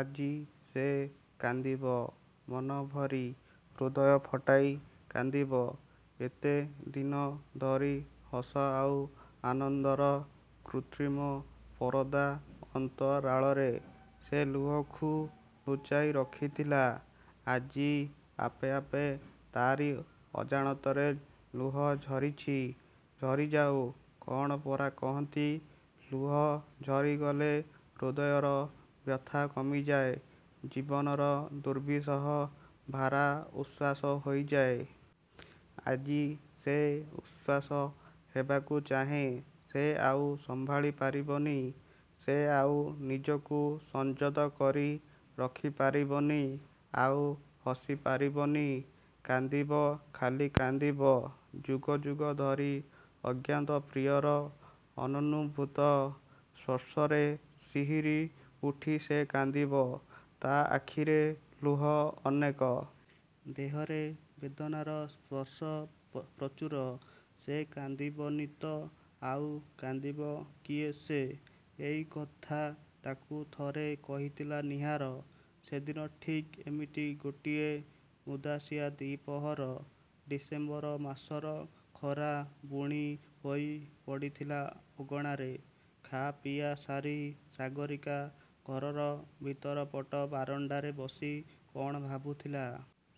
ଆଜି ସେ କାନ୍ଦିବ। ମନଭରି, ହୃଦୟ ଫଟାଇ କାନ୍ଦିବ। ଏତେ ଦିନ ଧରି ହସ ଆଉ ଆନନ୍ଦର କୃତ୍ରିମ ପରଦା ଅନ୍ତରାଳରେ; ସେ ଲୁହକୁ ଲୁଚାଇ ରଖିଥିଲା। ଆଜି ଆପେ ଆପେ ତାରି ଅଜାଣତରେ ଲୁହ ଝରିଛି। ଝରିଯାଉ। କ'ଣ ପରା କହନ୍ତି, ଲୁହ ଝରିଗଲେ ହୃଦୟର ବ୍ୟଥା କମିଯାଏ; ଜୀବନର ଦୁର୍ବିସହ ଭାରା ଉଶ୍ୱାସ ହୋଇଯାଏ-। ଆଜି ସେ ଉଶ୍ୱାସ ହେବାକୁ ଚାହେଁ। ସେ ଆଉ ସମ୍ଭାଳି ପାରିବନି। ସେ ଆଉ ନିଜକୁ ସଂଯତ କରି ରଖିପାରିବନି। ଆଉ ହସି ପାରିବନି। କାନ୍ଦିବ, ଖାଲି କାନ୍ଦିବ। ଯୁଗ ଯୁଗ ଧରି, ଅଜ୍ଞାତ ପ୍ରିୟର ଅନନୁଭୂତ ସ୍ପର୍ଶରେ ଶିହରି ଉଠି ସେ କାନ୍ଦିବ। ତା' ଆଖିରେ ଲୁହ ଅନେକ। ଦେହରେ ବେଦନାର ସ୍ପର୍ଶ ପ୍ରଚୁର। ସେ କାନ୍ଦିବନି ତ ଆଉ କାନ୍ଦିବ କିଏ ସେ? ଏଇ କଥା ତାକୁ ଥରେ କହିଥିଲା ନୀହାର। ସେଦିନ ଠିକ୍ ଏମିତି ଗୋଟିଏ ଉଦାସିଆ ଦ୍ୱିପ୍ରହର। ଡିସେମ୍ବର ମାସର ଖରା ବୁଣି ହୋଇ ପଡ଼ିଥିଲା ଅଗଣାରେ। ଖା ପିଆ ସାରି ସାଗରୀକା ଘରର ଭିତର ପଟ ବାରଣ୍ଡାରେ ବସି କ'ଣ ଭାବୁଥିଲା।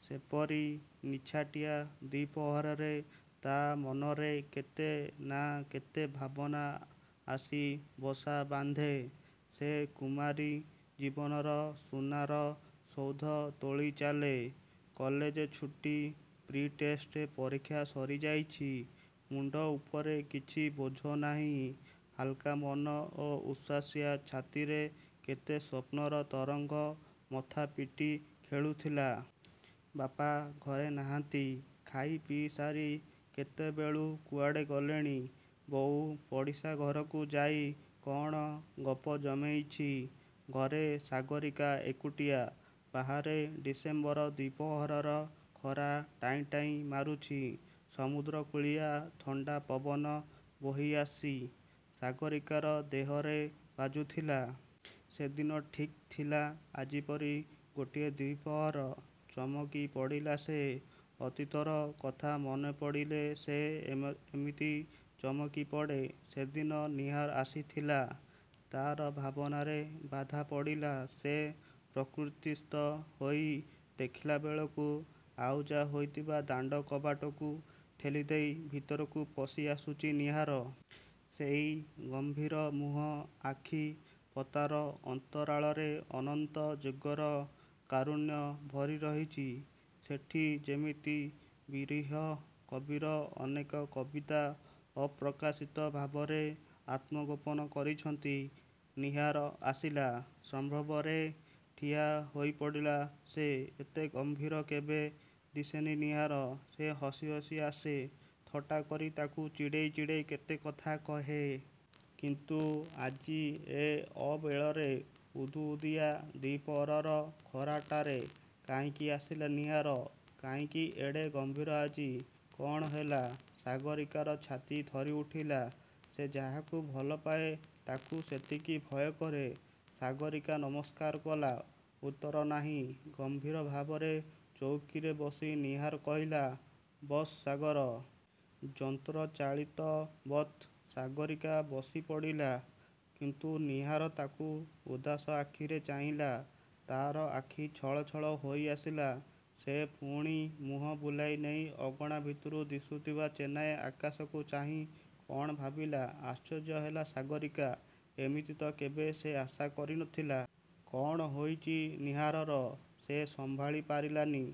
ସେପରି ନିଛାଟିଆ ଦ୍ୱିପ୍ରହରରେ ତା' ମନରେ କେତେ ନା କେତେ ଭାବନା ଆସି ବସା ବାନ୍ଧେ। ସେ କୁମାରୀ ଜୀବନର ସୁନାର-ସୌଧ ତୋଳି ଚାଲେ। କଲେଜ-ଛୁଟି। ପ୍ରି-ଟେଷ୍ଟ ପରୀକ୍ଷା ସରିଯାଇଛି। ମୁଣ୍ଡ ଉପରେ କିଛି ବୋଝ ନାହିଁ। ହାଲ୍କା ମନ ଓ ଉଶ୍ୱାସିଆ ଛାତିରେ କେତେ ସ୍ୱପ୍ନର ତରଙ୍ଗ ମଥା ପିଟି ଖେଳୁଥିଲା। ବାପା ଘରେ ନାହାନ୍ତି। ଖାଇ ପିଇ ସାରି କେତେବେଳୁ କୁଆଡ଼େ ଗଲେଣି। ବୋଉ ପଡ଼ିଶା ଘରକୁ ଯାଇ କ'ଣ ଗପ ଜମେଇଛି। ଘରେ ସାଗରୀକା ଏକୁଟିଆ। ବାହାରେ ଡିସେମ୍ବର ଦ୍ୱିପ୍ରହରର ଖରା ଟାଇଁ ଟାଇଁ ମାରୁଛି। ସମୁଦ୍ରକୂଳିଆ ଥଣ୍ଡା ପବନ ବୋହି ଆସି, ସାଗରୀକାର ଦେହରେ ବାଜୁଥିଲା। ସେଦିନ ଠିକ୍ ଥିଲା ଆଜିପରି ଗୋଟିଏ ଦ୍ୱିପ୍ରହର। ଚମକି ପଡ଼ିଲା ସେ। ଅତୀତର କଥା ମନେପଡ଼ିଲେ ସେ ଏମିତି ଚମକି ପଡ଼େ। ସେଦିନ ନୀହାର ଆସିଥିଲା। ତା'ର ଭାବନାରେ ବାଧା ପଡ଼ିଲା। ସେ ପ୍ରକୃତିସ୍ଥ ହୋଇ ଦେଖିଲାବେଳକୁ ଆଉଜା ହୋଇଥିବା ଦାଣ୍ଡ କବାଟକୁ ଠେଲିଦେଇ ଭିତରକୁ ପଶି ଆସୁଛି ନୀହାର-। ସେଇ ଗମ୍ଭୀର ମୁହଁ–ଆଖି ପତାର ଅନ୍ତରାଳରେ ଅନନ୍ତ ଯୁଗର କାରୁଣ୍ୟ ଭରି ରହିଛି। ସେଠି ଯେମତି ବିରହୀ କବିର ଅନେକ କବିତା ଅପ୍ରକାଶିତ ଭାବରେ ଆତ୍ମଗୋପନ କରିଛନ୍ତି। ନୀହାର ଆସିଲା। ସମ୍ଭ୍ରମରେ ଠିଆ ହୋଇପଡ଼ିଲା ସେ। ଏତେ ଗମ୍ଭୀର କେବେ ଦିଶେନି ନୀହାର-। ସେ ହସି ହସି ଆସେ; ଥଟ୍ଟା କରି ତାକୁ ଚିଡ଼େଇ ଚିଡ଼େଇ କେତେ କଥା କହେ। କିନ୍ତୁ ଆଜି–ଏ ଅବେଳରେ। ଉଦୁଉଦିଆ ଦ୍ୱିପ୍ରହରର ଖରାଟାରେ କାହିଁକି ଆସିଲା ନୀହାର। କାହିଁକି ଏଡ଼େ ଗମ୍ଭୀର ଆଜି। କ'ଣ ହେଲା? ସାଗରୀକାର ଛାତି ଥରିଉଠିଲା। ଯେ ଯାହାକୁ ଭଲପାଏ ତାକୁ ସେତିକି ଭୟ କରେ। ସାଗରୀକା ନମସ୍କାର କଲା। ଉତ୍ତର ନାହିଁ। ଗମ୍ଭୀର ଭାବରେ ଚୌକିରେ ବସି ନୀହାର କହିଲା–''ବସ ସାଗର''। ଯନ୍ତ୍ରଚାଳିତବତ୍ ସାଗରୀକା ବସି ପଡ଼ିଲା। କିନ୍ତୁ ନୀହାର ତାକୁ ଉଦାସ ଆଖିରେ ଚାହିଁଲା। ତା'ର ଆଖି ଛଳଛଳ ହୋଇଆସିଲା। ସେ ପୁଣି ମୁହଁ ବୁଲାଇ ନେଇ ଅଗଣା ଭିତରୁ ଦିଶୁଥିବା ଚେନାଏ ଆକାଶକୁ ଚାହିଁ କ'ଣ ଭାବିଲା। ଆଶ୍ଚର୍ଯ୍ୟ ହେଲା ସାଗରୀକା। ଏମିତି ତ କେବେ ସେ ଆଶା କରିନଥିଲା। କ'ଣ ହୋଇଛି ନୀହାରର। ସେ ସମ୍ଭାଳି ପାରିଲାନି।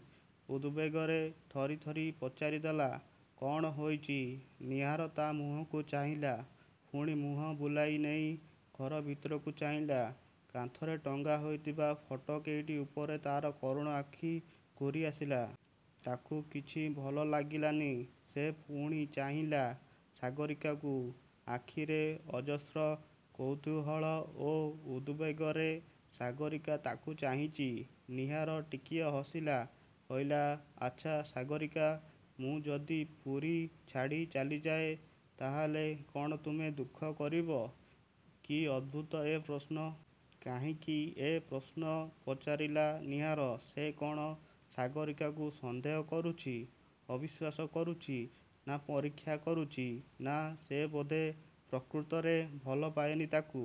ଉଦବେଗରେ ଥରି ଥରି ପଚାରି ଦେଲା–''କ'ଣ ହୋଇଛି। '' ନୀହାର ତା' ମୁହଁକୁ ଚାହିଁଲା। ପୁଣି ମୁହଁ ବୁଲାଇ ନେଇ ଘର ଭିତରକୁ ଚାହିଁଲା। କାନ୍ଥରେ ଟଙ୍ଗା ହୋଇଥିବା ଫଟୋ କେଇଟି ଉପରେ ତା'ର କରୁଣ ଆଖି ଘୂରି ଆସିଲା। ତାକୁ କିଛି ଭଲ ଲାଗିଲାନି। ସେ ପୁଣି ଚାହିଁଲା ସାଗରୀକାକୁ। ଆଖିରେ ଅଜସ୍ର କୌତୂହଳ ଓ ଉଦବେଗରେ ସାଗରୀକା ତାକୁ ଚାହିଁଛି। ନୀହାର ଟିକିଏ ହସିଲା। କହିଲା–''ଆଚ୍ଛା–ସାଗରୀକା–ମୁଁ ଯଦି ପୁରୀ ଛାଡ଼ି ଚାଲିଯାଏ, ତା'ହେଲେ କ'ଣ ତୁମେ ଦୁଃଖ କରିବ? '' କି ଅଦ୍ଭୁତ ଏ ପ୍ରଶ୍ନ? କାହିଁକି ଏ ପ୍ରଶ୍ନ ପଚାରିଲା ନୀହାର। ସେ କ'ଣ ସାଗରୀକାକୁ ସନ୍ଦେହ କରୁଛି–ଅବିଶ୍ୱାସ କରୁଛି ନା ପରୀକ୍ଷା କରୁଛି। ନା–ସେ ବୋଧେ ପ୍ରକୃତରେ ଭଲପାଏନି ତାକୁ।